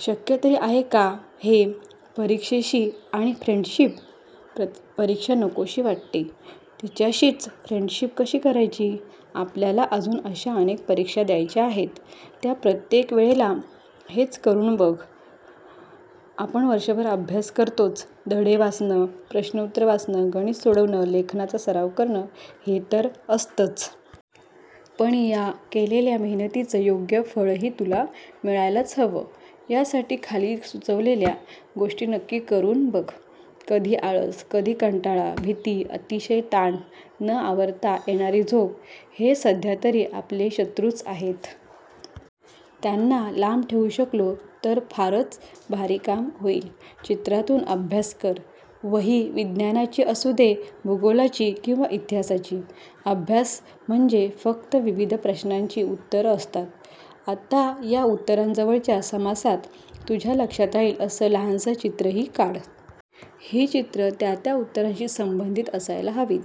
शक्य तरी आहे का हे? परीक्षेशी आणि फ्रेंडशिप? परीक्षा नकोशी वाटते. तिच्याशीच फ्रेंडशिप कशी करायची? आपल्याला अजून अशा अनेक परीक्षा द्यायच्या आहेत. त्या प्रत्येक वेळेला हेच करून बघ. आपण वर्षभर अभ्यास करतोच. धडे वाचणं, प्रश्नोत्तरं वाचणं, गणितं सोडवणं, लेखनाचा सराव करणं – हे तर असतंच. पण या केलेल्या मेहनतीचं योग्य फळही तुला मिळायलाच हवं. यासाठी खाली सुचवलेल्या गोष्टी नक्की करून बघ. कधी आळस, कधी कंटाळा, भीती, अतिशय ताण, न आवरता येणारी झोप – हे सध्या तरी आपले शत्रूच आहेत. त्यांना लांब ठेवू शकलो, तर फारच भारी काम होईल. चित्रातून अभ्यास कर. वही विज्ञानाची असू दे, भूगोलाची किंवा इतिहासाची; अभ्यास म्हणजे फक्त विविध प्रश्नांची उत्तरं असतात. आता या उत्तरांजवळच्या समासात तुझ्या लक्षात राहील असं लहानसं चित्रही काढ. ही चित्रं त्या त्या उत्तरांशी संबंधित असायला हवीत.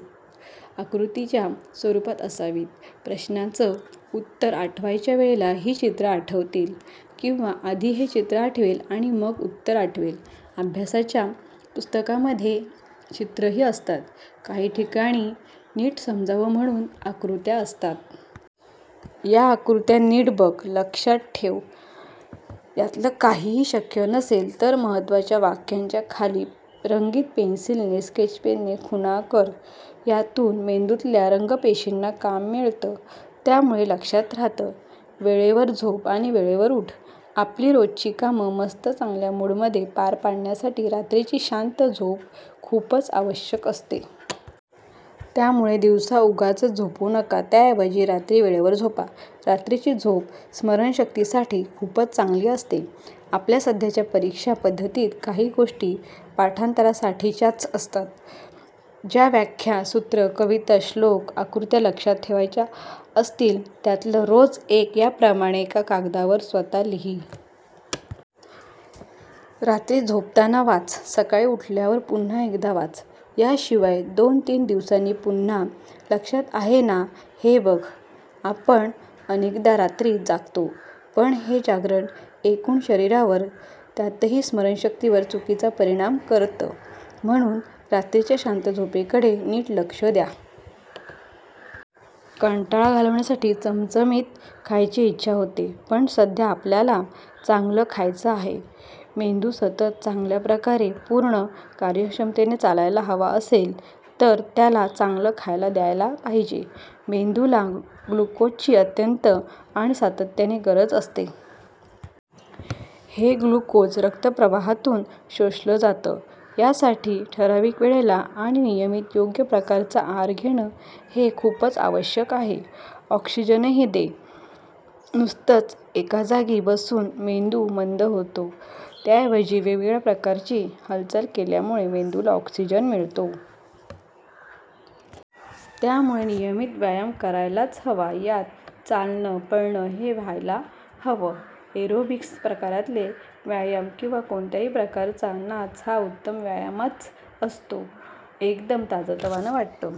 आकृतीच्या स्वरूपात असावीत. प्रश्नाचं उत्तर आठवायच्या वेळेला ही चित्रं आठवतील. किंवा आधी हे चित्र आठवेल आणि मग उत्तर आठवेल. अभ्यासाच्या पुस्तकांमध्ये चित्रंही असतात. काही ठिकाणी, नीट समजावं म्हणून आकृत्या असतात. या आकृत्या नीट बघ. लक्षात ठेव. यातलं काहीही शक्य नसेल, तर महत्त्वाच्या वाक्यांच्या खाली रंगीत पेन्सिलीने/स्केचपेनने खुणा कर. यातून मेंदूतल्या रंगपेशींना काम मिळतं. त्यामुळे लक्षात राहतं. वेळेवर झोप आणि वेळेवर ऊठ! आपली रोजची कामं मस्त चांगल्या मूडमध्ये पार पडण्यासाठी रात्रीची शांत झोप खूपच आवश्यक असते. त्यामुळे दिवसा उगाचच झोपू नका. त्याऐवजी रात्री वेळेवर झोपा. रात्रीची झोप स्मरणशक्तीसाठी खूपच चांगली असते. आपल्या सध्याच्या परीक्षा पद्धतीत काही गोष्टी पाठांतरासाठीच्याच असतात. ज्या व्याख्या, सूत्रं, कविता, श्लोक, आकृत्या लक्षात ठेवायच्या असतील, त्यातलं रोज एक याप्रमाणे एका कागदावर स्वतः लिही. रात्री झोपताना वाच. सकाळी उठल्यावर पुन्हा एकदा वाच. याशिवाय दोन-तीन दिवसांनी पुन्हा लक्षात आहे ना, हे बघ. आपण अनेकदा रात्री जागतो. पण हे जागरण एकूण शरीरावर, त्यातही स्मरणशक्तीवर चुकीचा परिणाम करतं. म्हणून रात्रीच्या शांत झोपेकडे नीट लक्ष द्या. कंटाळा घालवण्यासाठी चमचमीत खायची इच्छा होते. पण सध्या आपल्याला चांगलं खायचं आहे! मेंदू सतत, चांगल्या प्रकारे, पूर्ण कार्यक्षमतेने चालायला हवा असेल, तर त्याला चांगलं खायला द्यायला पाहिजे. मेंदूला ग्लुकोजची अत्यंत आणि सातत्याने गरज असते. हे ग्लुकोज रक्तप्रवाहातून शोषलं जातं. यासाठी ठरावीक वेळेला आणि नियमित योग्य प्रकारचा आहार घेणं हे खूपच आवश्यक आहे. ऑक्सिजनही दे! नुसतंच एकाजागी बसून मेंदू मंद होतो. त्याऐवजी वेगवेगळ्या प्रकारची हालचाल केल्यामुळे मेंदूला ऑक्सिजन मिळतो. त्यामुळे नियमित व्यायाम करायलाच हवा. यात चालणं, पळणं हे व्हायला हवं. एरोबिक्स प्रकारातले व्यायाम किंवा कोणत्याही प्रकारचा नाच हा उत्तम व्यायामच असतो. एकदम ताजंतवानं वाटतं.